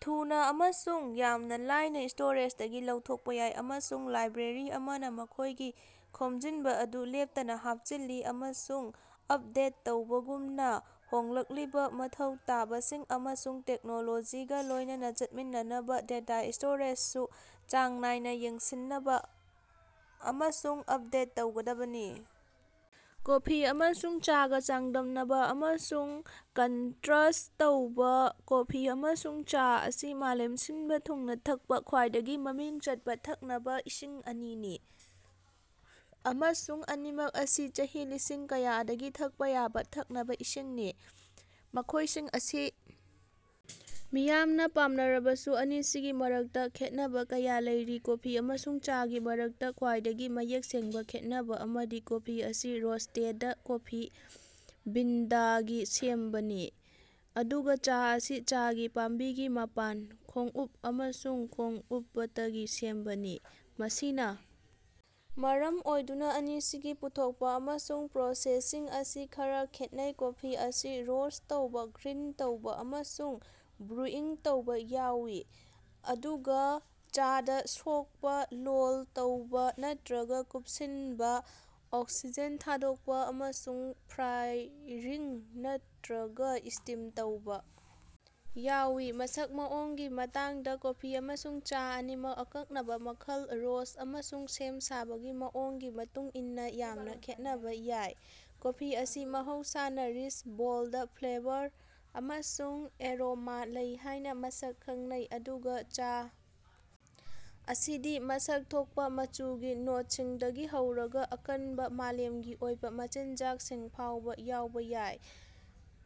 ꯊꯨꯅ ꯑꯃꯁꯨꯡ ꯌꯥꯝꯅ ꯂꯥꯏꯅ ꯁ꯭ꯇꯣꯔꯦꯖꯗꯒꯤ ꯂꯧꯊꯣꯛꯄ ꯌꯥꯏ꯫ ꯑꯃꯁꯨꯡ ꯂꯥꯏꯕ꯭ꯔꯦꯔꯤ ꯑꯃꯅ ꯃꯈꯣꯏꯒꯤ ꯈꯣꯝꯖꯤꯟꯕ ꯑꯗꯨ ꯂꯦꯞꯇꯅ ꯍꯥꯞꯆꯤꯜꯂꯤ ꯑꯃꯁꯨꯡ ꯑꯄꯗꯦꯠ ꯇꯧꯕꯒꯨꯝꯅ, ꯍꯣꯡꯂꯛꯂꯤꯕ ꯃꯊꯧ ꯇꯥꯕꯁꯤꯡ ꯑꯃꯁꯨꯡ ꯇꯦꯛꯅꯣꯂꯣꯖꯤꯒ ꯂꯣꯏꯅꯅ ꯆꯠꯃꯤꯟꯅꯅꯕ ꯗꯦꯇꯥ ꯁ꯭ꯇꯣꯔꯦꯖꯁꯨ ꯆꯥꯡ ꯅꯥꯏꯅ ꯌꯦꯡꯁꯤꯅꯕ ꯑꯃꯁꯨꯡ ꯑꯞꯗꯦꯠ ꯇꯧꯒꯗꯕꯅꯤ꯫ ꯀꯣꯐꯤ ꯑꯃꯁꯨꯡ ꯆꯥꯒ ꯆꯥꯡꯗꯝꯅꯕ ꯑꯃꯁꯨꯡ ꯀꯟꯇꯔꯁ꯭ꯠ ꯇꯧꯕ꯫ ꯀꯣꯐꯤ ꯑꯃꯁꯨꯡ ꯆꯥ ꯑꯁꯤ ꯃꯥꯂꯦꯝ ꯁꯤꯟꯕ ꯊꯨꯡꯅ ꯊꯛꯄ ꯈ꯭ꯋꯥꯏꯗꯒꯤ ꯃꯃꯤꯡ ꯆꯠꯄ ꯊꯛꯅꯕ ꯏꯁꯤꯡ ꯑꯅꯤꯅꯤ, ꯑꯃꯁꯨꯡ ꯑꯅꯤꯃꯛ ꯑꯁꯤ ꯆꯍꯤ ꯂꯤꯁꯤꯡ ꯀꯌꯥꯗꯒꯤ ꯊꯛꯄ ꯌꯥꯕ ꯊꯛꯅꯕ ꯏꯁꯤꯡꯅꯤ꯫ ꯃꯈꯣꯏꯁꯤꯡ ꯑꯁꯤ ꯃꯤꯌꯥꯝꯅ ꯄꯥꯝꯅꯔꯕꯁꯨ ꯑꯅꯤꯁꯤꯒꯤ ꯃꯔꯛꯇ ꯈꯦꯠꯅꯕ ꯀꯌꯥ ꯂꯩꯔꯤ꯫ ꯀꯣꯐꯤ ꯑꯃꯁꯨꯡ ꯆꯥꯒꯤ ꯃꯔꯛꯇ ꯈ꯭ꯋꯥꯏꯗꯒꯤ ꯃꯌꯦꯛ ꯁꯦꯡꯕ ꯈꯦꯟꯅꯕ ꯑꯃꯗꯤ ꯀꯣꯐꯤ ꯑꯁꯤ ꯔꯣꯁ꯭ꯇꯦꯗ ꯀꯣꯐꯤ ꯕꯤꯟꯗꯒꯤ ꯁꯦꯝꯕꯅꯤ, ꯑꯗꯨꯒ ꯆꯥ ꯑꯁꯤ ꯆꯥꯒꯤ ꯄꯥꯝꯕꯤꯒꯤ ꯃꯄꯥꯟ, ꯈꯣꯡꯎꯞ ꯑꯃꯁꯨꯡ ꯈꯣꯡꯎꯄꯇꯒꯤ ꯁꯦꯝꯕꯅꯤ꯫ ꯃꯁꯤꯅ ꯃꯔꯝ ꯑꯣꯏꯗꯨꯅ ꯑꯅꯤꯁꯤꯒꯤ ꯄꯨꯊꯣꯛꯄ ꯑꯃꯁꯨꯡ ꯄ꯭ꯔꯣꯁꯦꯁꯤꯡ ꯑꯁꯤ ꯈꯔ ꯈꯦꯠꯅꯩ: ꯀꯣꯐꯤ ꯑꯁꯤ ꯔꯣꯁ꯭ꯠ ꯇꯧꯕ, ꯒ꯭ꯔꯤꯟ ꯇꯧꯕ ꯑꯃꯁꯨꯡ ꯕ꯭ꯔꯨꯏꯪ ꯇꯧꯕ ꯌꯥꯎꯏ, ꯑꯗꯨꯒ ꯆꯥꯗ ꯁꯣꯛꯄ, ꯂꯣꯜ ꯇꯧꯕ ꯅꯠꯇꯔꯒ ꯀꯨꯞꯁꯤꯟꯕ, ꯑꯣꯛꯁꯤꯖꯦꯟ ꯊꯥꯗꯣꯛꯄ, ꯑꯃꯁꯨꯡ ꯐꯥꯏꯔꯤꯡ ꯅꯠꯇꯔꯒ ꯁ꯭ꯇꯤꯝ ꯇꯧꯕ ꯌꯥꯎꯏ꯫ ꯃꯁꯛ ꯃꯑꯣꯡꯒꯤ ꯃꯇꯥꯡꯗ, ꯀꯣꯐꯤ ꯑꯃꯁꯨꯡ ꯆꯥ ꯑꯅꯤꯃꯛ ꯑꯀꯛꯅꯕ ꯃꯈꯜ, ꯔꯣꯁ꯭ꯠ ꯑꯃꯁꯨꯡ ꯁꯦꯝ-ꯁꯥꯕꯒꯤ ꯃꯑꯣꯡꯒꯤ ꯃꯇꯨꯡ ꯏꯟꯅ ꯌꯥꯝꯅ ꯈꯦꯠꯅꯕ ꯌꯥꯏ꯫ ꯀꯣꯐꯤ ꯑꯁꯤ ꯃꯍꯧꯁꯥꯅ ꯔꯤꯆ, ꯕꯣꯜꯗ ꯐ꯭ꯂꯦꯕꯔ ꯑꯃꯁꯨꯡ ꯑꯦꯔꯣꯃꯥ ꯂꯩ ꯍꯥꯏꯅ ꯃꯁꯛ ꯈꯪꯅꯩ, ꯑꯗꯨꯒ ꯆꯥ ꯑꯁꯤꯗꯤ ꯃꯁꯛ ꯊꯣꯛꯄ, ꯃꯆꯨꯒꯤ ꯅꯣꯠꯁꯤꯡꯗꯒꯤ ꯍꯧꯔꯒ ꯑꯀꯟꯕ, ꯃꯥꯂꯦꯃꯒꯤ ꯑꯣꯏꯕ ꯃꯆꯤꯟꯖꯥꯛꯁꯤꯡ ꯐꯥꯎꯕ ꯌꯥꯎꯕ ꯌꯥꯏ꯫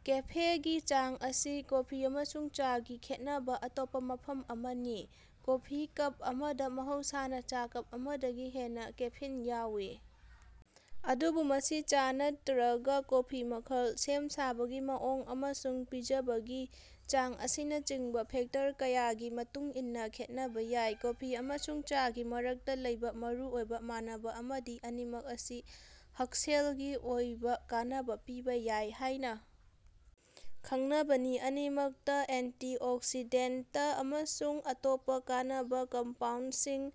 ꯀꯦꯐꯤꯒꯤ ꯆꯥꯡ ꯑꯁꯤ ꯀꯣꯐꯤ ꯑꯃꯁꯨꯡ ꯆꯥꯒꯤ ꯈꯦꯠꯅꯕ ꯑꯇꯣꯞꯄ ꯃꯐꯝ ꯑꯃꯅꯤ꯫ ꯀꯣꯐꯤ ꯀꯞ ꯑꯃꯗ ꯃꯍꯧꯁꯥꯅ ꯆꯥ ꯀꯞ ꯑꯃꯗꯒꯤ ꯍꯦꯟꯅ ꯀꯦꯐꯤꯟ ꯌꯥꯎꯏ, ꯑꯗꯨꯕꯨ ꯃꯁꯤ ꯆꯥ ꯅꯠꯇꯔꯒ ꯀꯣꯐꯤ ꯃꯈꯜ, ꯁꯦꯝ-ꯁꯥꯕꯒꯤ ꯃꯑꯣꯡ ꯑꯃꯁꯨꯡ ꯄꯤꯖꯕꯒꯤ ꯆꯥꯡ ꯑꯁꯤꯅꯆꯤꯡꯕ ꯐꯦꯛꯇꯔ ꯀꯌꯥꯒꯤ ꯃꯇꯨꯡꯏꯟꯅꯥ ꯈꯦꯠꯅꯕ ꯌꯥꯏ꯫ ꯀꯣꯐꯤ ꯑꯃꯁꯨꯡ ꯆꯥꯒꯤ ꯃꯔꯛꯇ ꯂꯩꯕꯥ ꯃꯔꯨꯑꯣꯏꯕ ꯃꯥꯟꯅꯕ ꯑꯃꯗꯤ ꯑꯅꯤꯃꯛ ꯑꯁꯤ ꯍꯛꯁꯦꯂꯒꯤ ꯑꯣꯏꯕ ꯀꯥꯟꯅꯕ ꯄꯤꯕ ꯌꯥꯏ ꯍꯥꯏꯅ ꯈꯪꯅꯕꯅꯤ꯫ ꯑꯅꯤꯃꯛꯇ ꯑꯦꯟꯇꯤꯑꯣꯛꯁꯤꯗꯦꯟꯇ ꯑꯃꯁꯨꯡ ꯑꯇꯣꯞꯄ ꯀꯥꯟꯅꯕ ꯀꯝꯄꯥꯎꯟꯗꯁꯤꯡ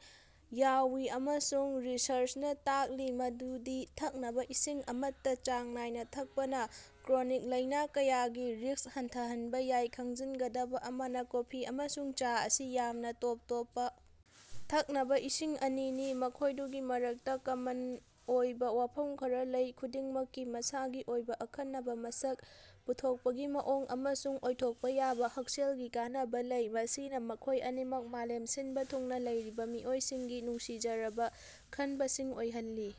ꯌꯥꯎꯏ ꯑꯃꯁꯨꯡ ꯔꯤꯁꯔ꯭ꯆꯅ ꯇꯥꯛꯂꯤ ꯃꯗꯨꯗꯤ ꯊꯛꯅꯕ ꯏꯁꯤꯡ ꯑꯃꯠꯇ ꯆꯥꯡ ꯅꯥꯏꯅ ꯊꯛꯄꯅ ꯀ꯭ꯔꯣꯅꯤꯛ ꯂꯥꯏꯅ ꯀꯌꯥꯒꯤ ꯔꯤꯁ꯭ꯛ ꯍꯟꯊꯍꯟꯕ ꯌꯥꯏ꯫ ꯈꯪꯖꯤꯟꯒꯗꯕ ꯑꯃꯅ, ꯀꯣꯐꯤ ꯑꯃꯁꯨꯡ ꯆꯥ ꯑꯁꯤ ꯌꯥꯝꯅ ꯇꯣꯞ ꯇꯣꯞꯄ ꯊꯛꯅꯕꯥ ꯏꯁꯤꯡ ꯑꯅꯤꯅꯤ, ꯃꯈꯣꯏꯗꯨꯒꯤ ꯃꯔꯛꯇ ꯀꯃꯟ ꯑꯣꯏꯕ ꯋꯥꯐꯝ ꯈꯔ ꯂꯩ꯫ ꯈꯨꯗꯤꯡꯃꯛꯀꯤ ꯃꯁꯥꯒꯤ ꯑꯣꯏꯕ ꯑꯈꯟꯅꯕ ꯃꯁꯛ, ꯄꯨꯊꯣꯛꯄꯒꯤ ꯃꯑꯣꯡ, ꯑꯃꯁꯨꯡ ꯑꯣꯏꯊꯣꯛꯄ ꯌꯥꯕ ꯍꯛꯁꯦꯜꯒꯤ ꯀꯥꯟꯅꯕ ꯂꯩ, ꯃꯁꯤꯅ ꯃꯈꯣꯏ ꯑꯅꯤꯃꯛ ꯃꯥꯂꯦꯝ ꯁꯤꯟꯕ ꯊꯨꯡꯅ ꯂꯩꯔꯤꯕ ꯃꯤꯑꯣꯏꯁꯤꯡꯒꯤ ꯅꯨꯡꯁꯤꯖꯔꯕ ꯈꯟꯕꯁꯤꯡ ꯑꯣꯏꯍꯜꯂꯤ꯫